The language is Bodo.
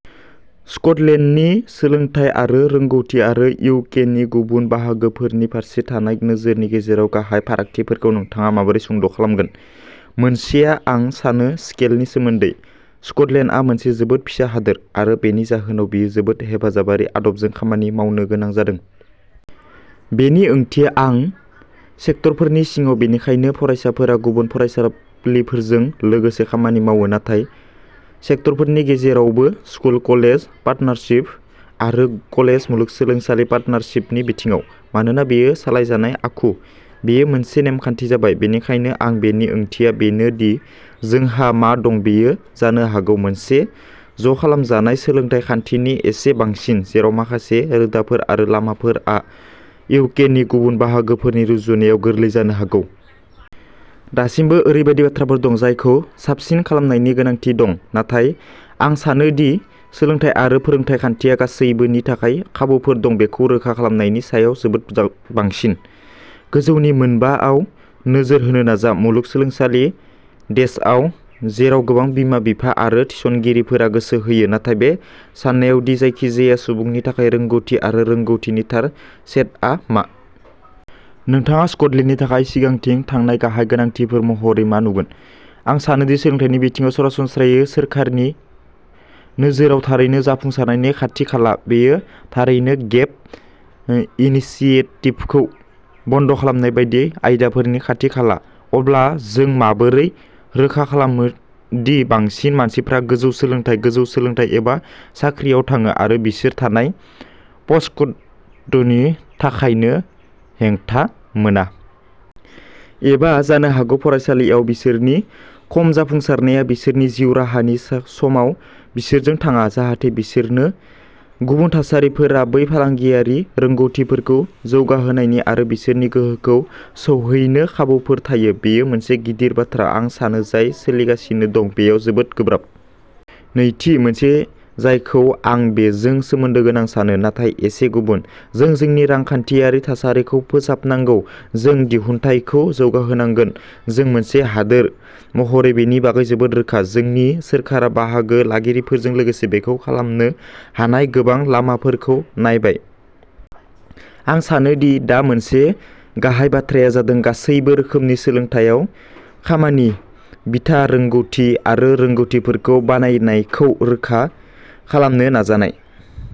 स्क'टलेन्डनि सोलोंथाय आरो रोंग'थि आरो इउ के नि गुबुन बाहागोफोरनि फारसे थानाय नोजोरनि गेजेराव गाहाय फारागथिफोरखौ नोंथाङा माबोरै सुंद' खालामगोन? मोनसेआ आं सानो स्केलनि सोमोन्दै? स्कटलेन्डआ मोनसे जोबोद फिसा हादोर, आरो बेनि जाहोनाव बेयो जोबोद हेफाजाबारि आदबजों खामानि मावनो गोनां जादों। बेनि ओंथिया आं सेक्टरफोरनि सिङाव, बेनिखायनो फरायसालिफोरा गुबुन फरायसालिफोरजों लोगोसे खामानि मावो नाथाय सेक्टरफोरनि गेजेरावबो, स्कुल-कलेज पार्टनारशिप आरो कलेज-मुलुगसोलोंसालि पार्टनारशिपनि बिथिङाव। मानोना बेयो सालायजानाय आखु, बेयो मोनसे नेमखान्थि जाबाय, बेनिखायनो आं बेनि ओंथिया बेनो दि जोंहा मा दं बेयो जानो हागौ मोनसे ज'खालामजानाय सोलोंथाय खान्थिनि एसे बांसिन, जेराव माखासे रोदाफोर आरो लामाफोरा इउकेनि गुबुन बाहागोफोरनि रुजुनायाव गोरलै जानो हागौ। दासिमबो ओरैबायदि बाथ्राफोर दं जायखौ साबसिन खालामनायनि गोनांथि दं, नाथाय आं सानो दि सोलोंथाय आरो फोरोंथाय खान्थिया गासैबोनि थाखाय खाबुफोर दं बेखौ रोखा खालामनायनि सायाव जोबोद बांसिन। गोजौनि मोन बा आव नोजोर होनो नाजा, मुलुगसोलोंसालि डेशआव, जेराव गोबां बिमा-बिफा आरो थिसनगिरिफोरा गोसो होयो, नाथाय बे साननायाव दि जायखिजाया सुबुंनि थाखाय रोंग'थि आरो रोंग'थिनि थार सेटआ मा। नोंथाङा स्कटलेन्डनि थाखाय सिगांथिं थांनाय गाहाय गोनांथिफोर महरै मा नुगोन? आं सानोदि सोलोंथाइनि बिथिङाव सरासनस्रायै सोरखारनि नोजोरआ थारैनो जाफुंसारनायनि खाथि-खाला। बेयो थारैनो गेप इनिसिएटिभखौ बन्द खालामनाय बायदि आयदाफोरनि खाथि-खाला। अब्ला, जों माबोरै रोखा खालामो दि बांसिन मानसिफ्रा गोजौ सोलोंथाइ, गोजौ सोलोंथाइ एबा साख्रिआव थाङो आरो बिसोर थानाय प'स्टक'डनि थाखायनो हेंथा मोना। एबा जानो हागौ फरायसालियाव बिसोरनि खम जाफुंसारनाया बिसोरनि जिउ राहानि सा समाव बिसोरजों थाङा, जाहाथे बिसोरनो गुबुन थासारिफोराव बै फालांगियारि रोंग'थिफोरखौ जौगाहोनायनि आरो बिसोरनि गोहोखौ सौहैनो खाबुफोर थायो। बेयो मोनसे गिदिर बाथ्रा, आं सानो, जाय सोलिगासिनो दं बेयाव जोबोद गोब्राब। नैथि मोनसे जायखौ आं बेजों सोमोन्दो गोनां सानो, नाथाय एसे गुबुन। जों जोंनि रांखान्थियारि थासारिखौ फोसाबनांगौ, जों दिहुनथाइखौ जौगाहोनांगोन, जों मोनसे हादोर महरै बेनि बागै जोबोद रोखा। जोंनि सोरखारा, बाहागो लागिरिफोरजों लोगोसे बेखौ खालामनो हानाय गोबां लामाफोरखौ नायबाय। आं सानो दि दा मोनसे गाहाय बाथ्राया जादों गासैबो रोखोमनि सोलोंथायआव खामानि बिथा रोंग'थि आरो रोंग'थिफोरखौ बानायनायखौ रोखा खालामनो नाजानाय।